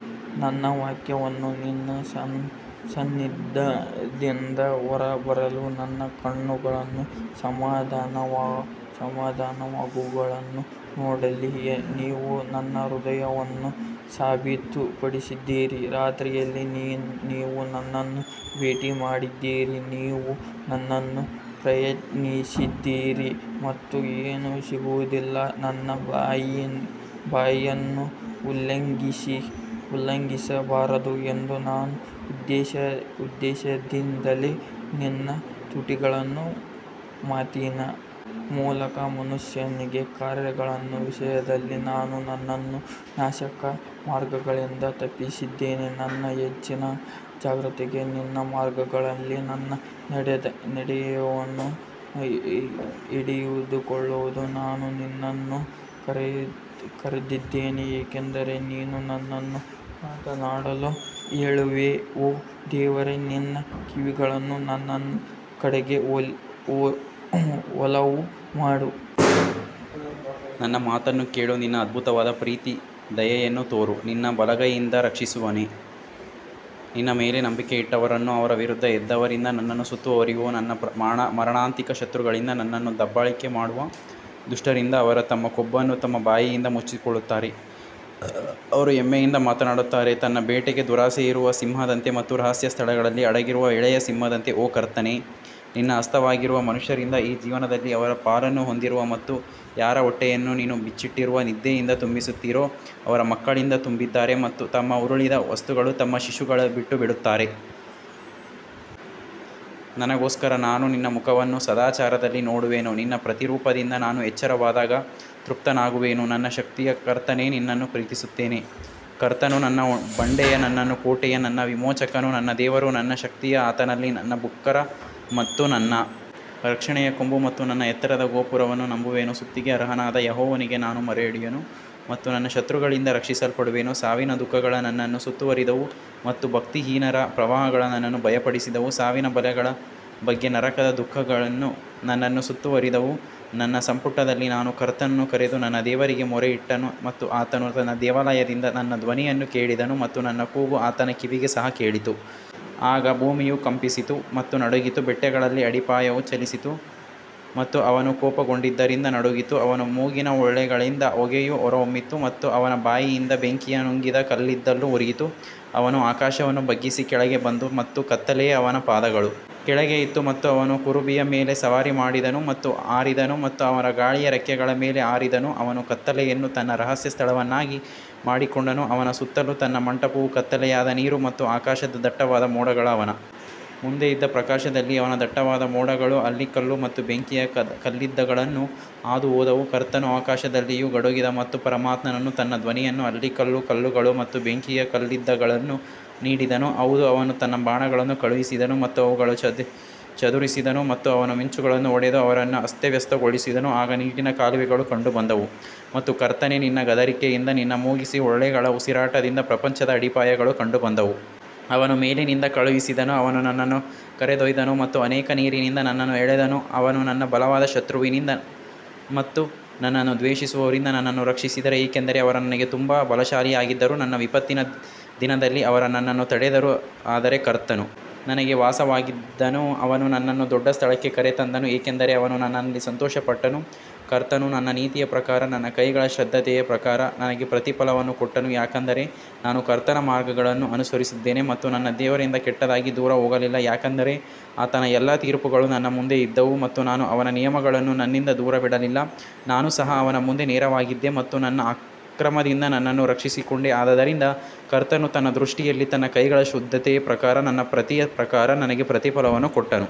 ನನ್ನ ವಾಕ್ಯವು ನಿನ್ನ ಸನ್ನಿಧಿಯಿಂದ ಹೊರಬರಲಿ, ನಿನ್ನ ಕಣ್ಣುಗಳು ಸಮಾನವಾದವುಗಳನ್ನು ನೋಡಲಿ ನೀವು ನನ್ನ ಹೃದಯವನ್ನು ಸಾಬೀತುಪಡಿಸಿದ್ದೀರಿ, ರಾತ್ರಿಯಲ್ಲಿ ನೀವು ನನ್ನನ್ನು ಭೇಟಿ ಮಾಡಿದ್ದೀರಿ, ನೀವು ನನ್ನನ್ನು ಪ್ರಯತ್ನಿಸಿದ್ದೀರಿ ಮತ್ತು ಏನೂ ಸಿಗುವುದಿಲ್ಲ, ನನ್ನ ಬಾಯಿಯನ್ನು ಉಲ್ಲಂಘಿಸಬಾರದು ಎಂದು ನಾನು ಉದ್ದೇಶಿಸಿದ್ದೇನೆ ನಿನ್ನ ತುಟಿಗಳ ಮಾತಿನ ಮೂಲಕ ಮನುಷ್ಯರ ಕಾರ್ಯಗಳ ವಿಷಯದಲ್ಲಿ ನಾನು ನನ್ನನ್ನು ನಾಶಕನ ಮಾರ್ಗಗಳಿಂದ ತಪ್ಪಿಸಿದೆ ನನ್ನ ಹೆಜ್ಜೆಗಳು ಜಾರದಂತೆ ನಿನ್ನ ಮಾರ್ಗಗಳಲ್ಲಿ ನನ್ನ ನಡೆಯನ್ನು ಹಿಡಿದುಕೊಳ್ಳಿ ನಾನು ನಿನ್ನನ್ನು ಕರೆದಿದ್ದೇನೆ ಏಕೆಂದರೆ ನೀನು ನನ್ನ ಮಾತನ್ನು ಕೇಳುವೆ ಓ ದೇವರೇ ನಿನ್ನ ಕಿವಿಯನ್ನು ನನ್ನ ಕಡೆಗೆ ಒಲವು ಮಾಡಿ ನನ್ನ ಮಾತನ್ನು ಕೇಳು ನಿನ್ನ ಅದ್ಭುತವಾದ ಪ್ರೀತಿ ದಯೆಯನ್ನು ತೋರು, ನಿನ್ನ ಬಲಗೈಯಿಂದ ರಕ್ಷಿಸುವವನೇ, ನಿನ್ನ ಮೇಲೆ ನಂಬಿಕೆ ಇಟ್ಟವರನ್ನು ಅವರ ವಿರುದ್ಧ ಎದ್ದವರಿಂದ ನನ್ನನ್ನು ಸುತ್ತುವರಿಯುವ ನನ್ನ ಮಾರಣಾಂತಿಕ ಶತ್ರುಗಳಿಂದ ನನ್ನನ್ನು ದಬ್ಬಾಳಿಕೆ ಮಾಡುವ ದುಷ್ಟರಿಂದ ಅವರು ತಮ್ಮ ಕೊಬ್ಬನ್ನು ತಮ್ಮ ಬಾಯಿಯಿಂದ ಮುಚ್ಚಿಕೊಳ್ಳುತ್ತಾರೆ, ಅವರು ಹೆಮ್ಮೆಯಿಂದ ಮಾತನಾಡುತ್ತಾರೆ ತನ್ನ ಬೇಟೆಗೆ ದುರಾಸೆಯಿರುವ ಸಿಂಹದಂತೆ ಮತ್ತು ರಹಸ್ಯ ಸ್ಥಳಗಳಲ್ಲಿ ಅಡಗಿರುವ ಎಳೆಯ ಸಿಂಹದಂತೆ ಓ ಕರ್ತನೇ, ನಿನ್ನ ಹಸ್ತವಾಗಿರುವ ಮನುಷ್ಯರಿಂದ ಈ ಜೀವನದಲ್ಲಿ ಅವರ ಪಾಲನ್ನು ಹೊಂದಿರುವ ಮತ್ತು ಯಾರ ಹೊಟ್ಟೆಯನ್ನು ನೀನು ಬಚ್ಚಿಟ್ಟಿರುವ ನಿಧಿಯಿಂದ ತುಂಬಿಸುತ್ತೀರೋ ಅವರು ಮಕ್ಕಳಿಂದ ತುಂಬಿದ್ದಾರೆ ಮತ್ತು ತಮ್ಮ ಉಳಿದ ವಸ್ತುಗಳನ್ನು ತಮ್ಮ ಶಿಶುಗಳಿಗೆ ಬಿಟ್ಟುಬಿಡುತ್ತಾರೆ. ನನಗೋಸ್ಕರ ನಾನು ನಿನ್ನ ಮುಖವನ್ನು ಸದಾಚಾರದಲ್ಲಿ ನೋಡುವೆನು ನಿನ್ನ ಪ್ರತಿರೂಪದಿಂದ ನಾನು ಎಚ್ಚರವಾದಾಗ ತೃಪ್ತನಾಗುವೆನು ನನ್ನ ಶಕ್ತಿಯಾದ ಕರ್ತನೇ ನಿನ್ನನ್ನು ಪ್ರೀತಿಸುತ್ತೇನೆ ಕರ್ತನು ನನ್ನ ಬಂಡೆಯೂ ನನ್ನ ಕೋಟೆಯೂ ನನ್ನ ವಿಮೋಚಕನು ನನ್ನ ದೇವರು ನನ್ನ ಶಕ್ತಿಯೂ ಆತನಲ್ಲಿ ನಾನು ನನ್ನ ಬಕ್ಕರ್ ಮತ್ತು ನನ್ನ ರಕ್ಷಣೆಯ ಕೊಂಬು ಮತ್ತು ನನ್ನ ಎತ್ತರದ ಗೋಪುರವನ್ನು ನಂಬುವೆನು ಸ್ತುತಿಗೆ ಅರ್ಹನಾದ ಯೆಹೋವನಿಗೆ ನಾನು ಮೊರೆಯಿಡುವೆನು ಮತ್ತು ನನ್ನ ಶತ್ರುಗಳಿಂದ ರಕ್ಷಿಸಲ್ಪಡುವೆನು ಸಾವಿನ ದುಃಖಗಳು ನನ್ನನ್ನು ಸುತ್ತುವರಿದವು ಮತ್ತು ಭಕ್ತಿಹೀನರ ಪ್ರವಾಹಗಳು ನನ್ನನ್ನು ಭಯಪಡಿಸಿದವು ಸಾವಿನ ಬಲೆಗಳ ಬಗ್ಗೆ ನರಕದ ದುಃಖಗಳು ನನ್ನನ್ನು ಸುತ್ತುವರಿದವು ನನ್ನ ಸಂಕಟದಲ್ಲಿ ನಾನು ಕರ್ತನನ್ನು ಕರೆದು ನನ್ನ ದೇವರಿಗೆ ಮೊರೆಯಿಟ್ಟನು ಮತ್ತು ಆತನು ತನ್ನ ದೇವಾಲಯದಿಂದ ನನ್ನ ಧ್ವನಿಯನ್ನು ಕೇಳಿದನು ಮತ್ತು ನನ್ನ ಕೂಗು ಆತನ ಕಿವಿಗೆ ಸಹ ಕೇಳಿತು. ಆಗ ಭೂಮಿಯು ಕಂಪಿಸಿತು ಮತ್ತು ನಡುಗಿತು, ಬೆಟ್ಟಗಳ ಅಡಿಪಾಯವೂ ಚಲಿಸಿತು ಮತ್ತು ಅವನು ಕೋಪಗೊಂಡಿದ್ದರಿಂದ ನಡುಗಿತು. ಅವನ ಮೂಗಿನ ಹೊಳ್ಳೆಗಳಿಂದ ಹೊಗೆಯು ಹೊರಹೊಮ್ಮಿತು ಮತ್ತು ಅವನ ಬಾಯಿಯಿಂದ ಬೆಂಕಿಯು ನುಂಗಿದ ಕಲ್ಲಿದ್ದಲು ಉರಿಯಿತು. ಅವನು ಆಕಾಶವನ್ನೂ ಬಗ್ಗಿಸಿ ಕೆಳಗೆ ಬಂದನು ಮತ್ತು ಕತ್ತಲೆಯು ಅವನ ಪಾದಗಳ ಕೆಳಗೆ ಇತ್ತು ಮತ್ತು ಅವನು ಕೆರೂಬಿಯ ಮೇಲೆ ಸವಾರಿ ಮಾಡಿದನು ಮತ್ತು ಹಾರಿದನು ಮತ್ತು ಅವನು ಗಾಳಿಯ ರೆಕ್ಕೆಗಳ ಮೇಲೆ ಹಾರಿದನು ಅವನು ಕತ್ತಲೆಯನ್ನು ತನ್ನ ರಹಸ್ಯ ಸ್ಥಳವನ್ನಾಗಿ ಮಾಡಿಕೊಂಡನು, ಅವನ ಸುತ್ತಲೂ ತನ್ನ ಮಂಟಪವು ಕತ್ತಲೆಯಾದ ನೀರು ಮತ್ತು ಆಕಾಶದ ದಟ್ಟವಾದ ಮೋಡಗಳು ಅವನ ಮುಂದೆ ಇದ್ದ ಪ್ರಕಾಶದಲ್ಲಿ ಅವನ ದಟ್ಟವಾದ ಮೋಡಗಳು ಆಲಿಕಲ್ಲು ಮತ್ತು ಬೆಂಕಿಯ ಕಲ್ಲಿದ್ದಲುಗಳನ್ನು ಹಾದುಹೋದವು ಕರ್ತನು ಆಕಾಶದಲ್ಲಿಯೂ ಗುಡುಗಿದನು ಮತ್ತು ಪರಮಾತ್ಮನು ತನ್ನ ಧ್ವನಿಯನ್ನು ಆಲಿಕಲ್ಲು ಕಲ್ಲುಗಳು ಮತ್ತು ಬೆಂಕಿಯ ಕಲ್ಲಿದ್ದಲುಗಳನ್ನು ನೀಡಿದನು ಹೌದು ಅವನು ತನ್ನ ಬಾಣಗಳನ್ನು ಕಳುಹಿಸಿದನು ಮತ್ತು ಅವುಗಳನ್ನು ಚದುರಿಸಿದನು ಮತ್ತು ಅವನು ಮಿಂಚುಗಳನ್ನು ಹೊಡೆದು ಅವರನ್ನು ಅಸ್ತವ್ಯಸ್ತಗೊಳಿಸಿದನು ಆಗ ನೀರಿನ ಕಾಲುವೆಗಳು ಕಂಡುಬಂದವು ಮತ್ತು ಕರ್ತನೇ ನಿನ್ನ ಗದರಿಕೆಯಿಂದ ನಿನ್ನ ಮೂಗಿನ ಹೊಳ್ಳೆಗಳ ಉಸಿರಾಟದಿಂದ ಪ್ರಪಂಚದ ಅಡಿಪಾಯಗಳು ಕಂಡುಬಂದವು. ಅವನು ಮೇಲಿನಿಂದ ಕಳುಹಿಸಿದನು ಅವನು ನನ್ನನ್ನು ಕರೆದೊಯ್ದನು ಮತ್ತು ಅನೇಕ ನೀರಿನಿಂದ ನನ್ನನ್ನು ಎಳೆದನು ಅವನು ನನ್ನ ಬಲವಾದ ಶತ್ರುವಿನಿಂದ ಮತ್ತು ನನ್ನನ್ನು ದ್ವೇಷಿಸುವವರಿಂದ ನನ್ನನ್ನು ರಕ್ಷಿಸಿದನು ಏಕೆಂದರೆ ಅವರು ನನಗೆ ತುಂಬಾ ಬಲಶಾಲಿಯಾಗಿದ್ದರು ನನ್ನ ವಿಪತ್ತಿನ ದಿನದಲ್ಲಿ ಅವರು ನನ್ನನ್ನು ತಡೆದರು ಆದರೆ ಕರ್ತನು ನನಗೆ ವಾಸವಾಗಿದ್ದನು ಅವನು ನನ್ನನ್ನು ದೊಡ್ಡ ಸ್ಥಳಕ್ಕೆ ಕರೆತಂದನು, ಏಕೆಂದರೆ ಅವನು ನನ್ನಲ್ಲಿ ಸಂತೋಷಪಟ್ಟನು ಕರ್ತನು ನನ್ನ ನೀತಿಯ ಪ್ರಕಾರ ನನ್ನ ಕೈಗಳ ಶುದ್ಧತೆಯ ಪ್ರಕಾರ ನನಗೆ ಪ್ರತಿಫಲವನ್ನು ಕೊಟ್ಟನು ಯಾಕಂದರೆ ನಾನು ಕರ್ತನ ಮಾರ್ಗಗಳನ್ನು ಅನುಸರಿಸಿದ್ದೇನೆ ಮತ್ತು ನನ್ನ ದೇವರಿಂದ ಕೆಟ್ಟದಾಗಿ ದೂರ ಹೋಗಲಿಲ್ಲ ಯಾಕಂದರೆ ಆತನ ಎಲ್ಲಾ ತೀರ್ಪುಗಳು ನನ್ನ ಮುಂದೆ ಇದ್ದವು ಮತ್ತು ನಾನು ಅವನ ನಿಯಮಗಳನ್ನು ನನ್ನಿಂದ ದೂರವಿಡಲಿಲ್ಲ ನಾನು ಸಹ ಅವನ ಮುಂದೆ ನೇರವಾಗಿದ್ದೆ ಮತ್ತು ನನ್ನ ಅಕ್ರಮದಿಂದ ನನ್ನನ್ನು ರಕ್ಷಿಸಿಕೊಂಡೆ ಆದದರಿಂದ ಕರ್ತನು ತನ್ನ ದೃಷ್ಟಿಯಲ್ಲಿ ನನ್ನ ಕೈಗಳ ಶುದ್ಧತೆಯ ಪ್ರಕಾರ ನನ್ನ ನೀತಿಯ ಪ್ರಕಾರ ನನಗೆ ಪ್ರತಿಫಲವನ್ನು ಕೊಟ್ಟನು.